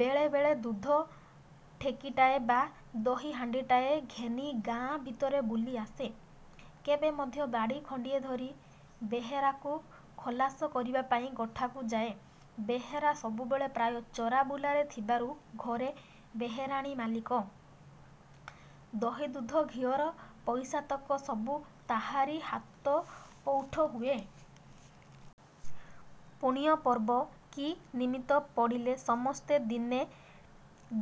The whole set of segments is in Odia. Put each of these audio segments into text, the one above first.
ବେଳେ ବେଳେ ଦୁଧ ଠେକିଟାଏ ବା ଦହି ହାଣ୍ତିଟାଏ ଘେନି ଗାଁ ଭିତରେ ବୁଲି ଆସେ। କେବେ ମଧ୍ୟ ବାଡ଼ି ଖଣ୍ତିଏ ଧରି ବେହେରାକୁ ଖଲାସ କରିବାପାଇଁ ଗୋଠକୁ ଯାଏ। ବେହେରା ସବୁବେଳେ ପ୍ରାୟ ଚରା ବୁଲାରେ ଥିବାରୁ ଘରେ ବେହେରାଣୀ ମାଲିକ। ଦହି ଦୁଧ ଘିଅର ପଇସାତକ ସବୁ ତାହାରି ହାତପୈଠ ହୁଏ। ପୁଣ୍ୟ ପର୍ବ କି ନିମିତ୍ତ ପଡ଼ିଲେ ସମସ୍ତେ ଦିନେ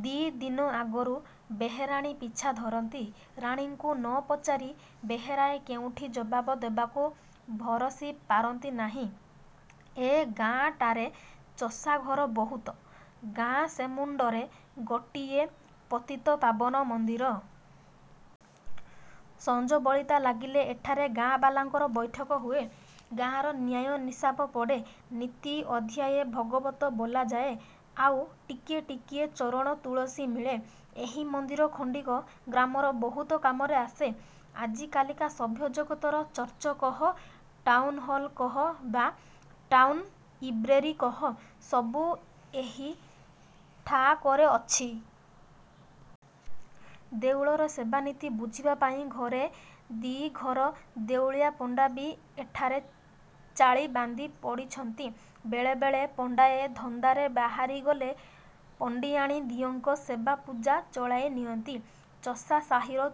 ଦି' ଦିନ ଆଗରୁ ବେହେରାଣୀ ପିଛା ଧରନ୍ତି। ରାଣୀଙ୍କୁ ନ ପଚାରି ବେହେରାଏ କେଉଁଠି ଜବାବ ଦେବାକୁ ଭରସି ପାରନ୍ତି ନାହିଁ। ଏ ଗାଁଟାରେ ଚଷା ଘର ବହୁତ। ଗାଁ ସେମୁଣ୍ତରେ ଗୋଟିଏ ପତିତପାବନ ମନ୍ଦିର। ସଞ୍ଜବଳିତା ଲାଗିଲେ ଏଠାରେ ଗାଁବାଲାଙ୍କର ବୈଠକ ହୁଏ। ଗାଁର ନ୍ୟାୟ ନିଶାପ ପଡ଼େ। ନିତି ଅଧ୍ୟାୟେ ଭାଗବତ ବୋଲାଯାଏ, ଆଉ ଟିକିଏ ଟିକିଏ ଚରଣ-ତୁଳସୀ ମିଳେ। ଏହି ମନ୍ଦିର ଖଣ୍ତିକ ଗ୍ରାମର ବହୁତ କାମରେ ଆସେ। ଆଜିକାଲିକା ସଭ୍ୟ ଜଗତର ଚର୍ଚ୍ଚ କହ ଟାଉନ୍ହଲ୍ କହ ବା ଟାଉନ୍ଲାଇବ୍ରେରୀ କହ, ସବୁ ଏହି ଠାଆକରେ ଅଛି। ଦେଉଳର ସେବା ନିତି ବୁଝିବାପାଇଁ ଘରେ ଦି'ଘର ଦେଉଳିଆ ପଣ୍ତା ବି ଏଠାରେ ଚାଳି ବାନ୍ଧି ପଡ଼ିଛନ୍ତି। ବେଳେ ବେଳେ ପଣ୍ତାଏ ଧନ୍ଦାରେ ବାହାରିଗଲେ ପଣ୍ତିଆଣୀ ଦିଅଁଙ୍କ ସେବା ପୂଜା ଚଳାଇ ନିଅନ୍ତି। ଚଷା ସାହିର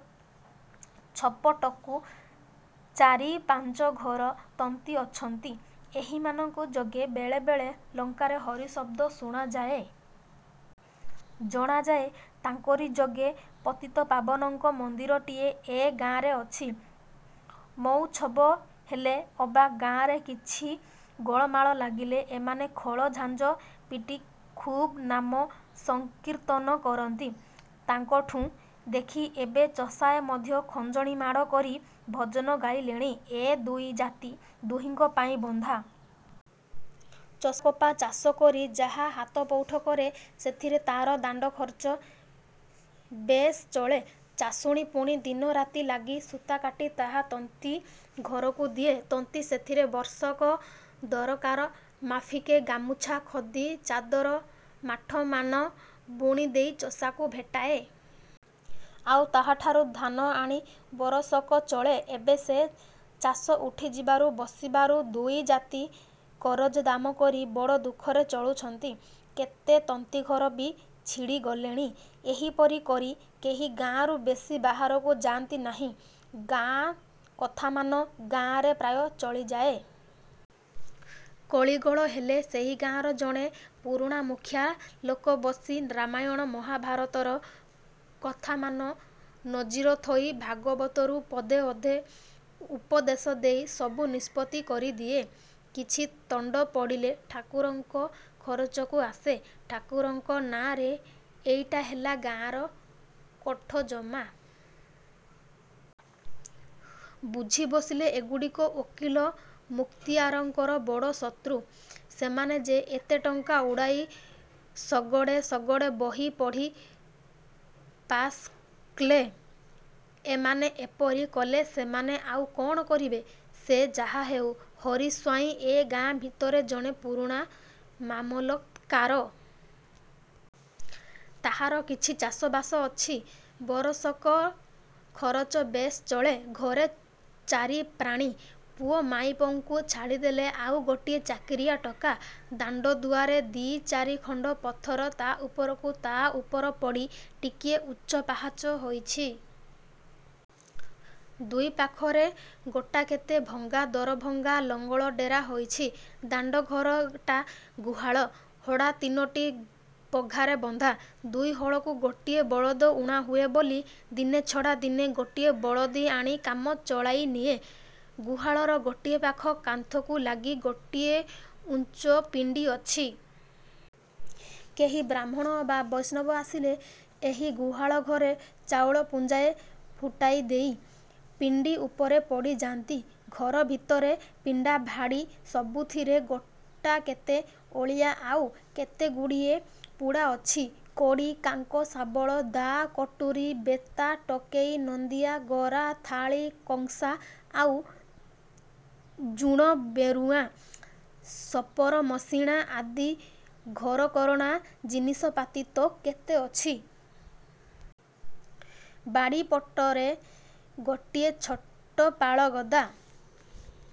ପଛପଟକୁ ଚାରି ପାଞ୍ଚ ଘର ତନ୍ତୀ ଅଛନ୍ତି। ଏହିମାନଙ୍କ ଯୋଗେ ବେଳେ ବେଳେ ଲଙ୍କାରେ ହରି ଶବ୍ଦ ଶୁଣାଯାଏ। ଜଣାଯାଏ, ତାଙ୍କରି ଯୋଗେ ପତିତପାବନଙ୍କ ମନ୍ଦିରଟି ଏ ଗାଁରେ ଅଛି। ମଉଛବ ହେଲେ ଅବା ଗାଁରେ କିଛି ଗୋଳମାଳ ଲାଗିଲେ ଏମାନେ ଖୋଳ ଝାଞ୍ଜ ପିଟି ଖୁବ ନାମ ସଂକୀର୍ତ୍ତନ କରନ୍ତି। ତାଙ୍କଠୁଁ ଦେଖି ଏବେ ଚଷାଏ ମଧ୍ୟ ଖଞ୍ଜଣିମାଡ଼ କରି ଭଜନ ଗାଇଲେଣି। ଏ ଦୁଇ ଜାତି ଦୁହିଙ୍କ ପାଇଁ ବନ୍ଧା। ଚଷା କପା ଚାଷ କରି ଯାହା ହାତପୈଠ କରେ, ସେଥିରେ ତାର ଦାଣ୍ତ ଖରଚ ବେଶ ଚଳେ। ଚାଷୁଣୀ ପୁଣି ଦିନ ରାତି ଲାଗି ସୂତା କାଟି ତାହା ତନ୍ତୀ ଘରକୁ ଦିଏ। ତନ୍ତୀ ସେଥିରେ ବର୍ଷକ ଦରକାରମାଫିକେ ଗାମୁଛା, ଖଦି, ଚାଦର, ମାଠମାନ ବୁଣିଦେଇ ଚଷାକୁ ଭେଟାଏ। ଆଉ ତାହାଠାରୁ ଧାନ ଆଣି ବରଷକ ଚଳେ। ଏବେ ସେ ଚାଷ ଉଠିଯିବାକୁ ବସିବାରୁ ଦୁଇ ଜାତି କରଜଦାମ କରି ବଡ଼ ଦୁଃଖରେ ଚଳୁଛନ୍ତି। କେତେ ତନ୍ତିଘର ବି ଛିଡ଼ି ଗଲେଣି। ଏହିପରି କରି କେହି ଗାଁରୁ ବେଶି ବାହାରକୁ ଯାନ୍ତି ନାହିଁ। ଗାଁକଥାମାନ ଗାଁରେ ପ୍ରାୟ ଚଳିଯାଏ। କଳିଗୋଳ ହେଲେ ସେହି ଗାଁର ଜଣେ ପୁରୁଣା ମୁଖିଆ ଲୋକ ବସି ରାମାୟଣ ମହାଭାରତର କଥାମାନ ନଜୀର ଥୋଇ ଭାଗବତରୁ ପଦେ ଅଧେ ଉପଦେଶ ଦେଇ ସବୁ ନିଷ୍ପତ୍ତି କରିଦିଏ। କିଛି ତଣ୍ତ ପଡ଼ିଲେ ଠାକୁରଙ୍କ ଖରଚକୁ ଆସେ। ଠାକୁରଙ୍କ ନାଁରେ ଏଇଟା ହେଲା ଗାଁର କୋଠ ଜମା। ବୁଝି ବସିଲେ ଏଗୁଡ଼ିକ ଓକିଲ ମୁକ୍ତିଆରଙ୍କର ବଡ଼ ଶତ୍ରୁ। ସେମାନେ ଯେ ଏତେ ଟଙ୍କା ଉଡ଼ାଇ ଶଗଡ଼େ ଶଗଡ଼େ ବହି ପଢ଼ି ପାସ୍କଲେ, ଏମାନେ ଏପରି କଲେ ସେମାନେ ଆଉ କଣ କରିବେ! ସେ ଯାହାହେଉ ହରି ସ୍ୱାଇଁ ଏ ଗାଁ ଭିତରେ ଜଣେ ପୁରୁଣା ମାମଲତ୍କାର। ତାହାର କିଛି ଚାଷ ବାସ ଅଛି। ବରଷକ ଖରଚ ବେଶ୍ ଚଳେ। ଘରେ ଚାରି ପ୍ରାଣୀ। ପୁଅ ମାଇପଙ୍କୁ ଛାଡ଼ିଦେଲେ ଆଉ ଗୋଟିଏ ଚାକିରିଆ ଟୋକା। ଦାଣ୍ତ ଦୁଆରେ ଦି'ଚାରି ଖଣ୍ତ ପଥର ତା ଉପରକୁ ତା ଉପର ପଡ଼ି ଟିକିଏ ଉଚ୍ଚ ପାହାଚ ହୋଇଛି। ଦୁଇ ପାଖରେ ଗୋଟାକେତେ ଭଙ୍ଗା ଦରଭଙ୍ଗା ଲଙ୍ଗଳ ଡେରା ହୋଇଛି। ଦାଣ୍ତ ଘରଟା ଗୁହାଳ। ହଡ଼ା ତିନୋଟି ପଘାରେ ବନ୍ଧା। ଦୁଇ ହଳକୁ ଗୋଟାଏ ବଳଦ ଊଣା ହୁଏ ବୋଲି ଦିନେ ଛଡ଼ା ଦିନେ ଗୋଟିଏ ବଦଳି ଆଣି କାମ ଚଳାଇନିଏ। ଗୁହାଳର ଗୋଟିଏ ପାଖ କାନ୍ଥକୁ ଲାଗି ଗୋଟିଏ ଉଞ୍ଚ ପିଣ୍ତୀ ଅଛି। କେହି ବ୍ରାହ୍ମଣ ବା ବୈଷ୍ଣବ ଆସିଲେ ଏହି ଗୁହାଳ ଘରେ ଚାଉଳ ପୁଞ୍ଜାଏ ଫୁଟାଇ ଦେଇ। ପିଣ୍ତୀ ଉପରେ ପଡ଼ିଯାନ୍ତି। ଘର ଭିତରେ ପିଣ୍ତା ଭାଡ଼ି ସବୁଥିରେ ଗୋଟାକେତେ ଓଳିଆ ଆଉ କେତେଗୁଡ଼ିଏ ପୁଡ଼ା ଅଛି। କୋଡ଼ି, କାଙ୍କ, ଶାବଳ, ଦା, କଟୁରୀ, ବେତା, ଟୋକେଇ, ନନ୍ଦିଆ, ଗରା, ଥାଳି, କଂସା ଆଉ ଜୁଣ-ବେରୁଁଆ, ଶପର ମସିଣା ଆଦି ଘରକରଣା ଜିନିଷପାତି ତ କେତେ ଅଛି। ବାଡ଼ିପଟରେ ଗୋଟିଏ ଛୋଟ ପାଳଗଦା।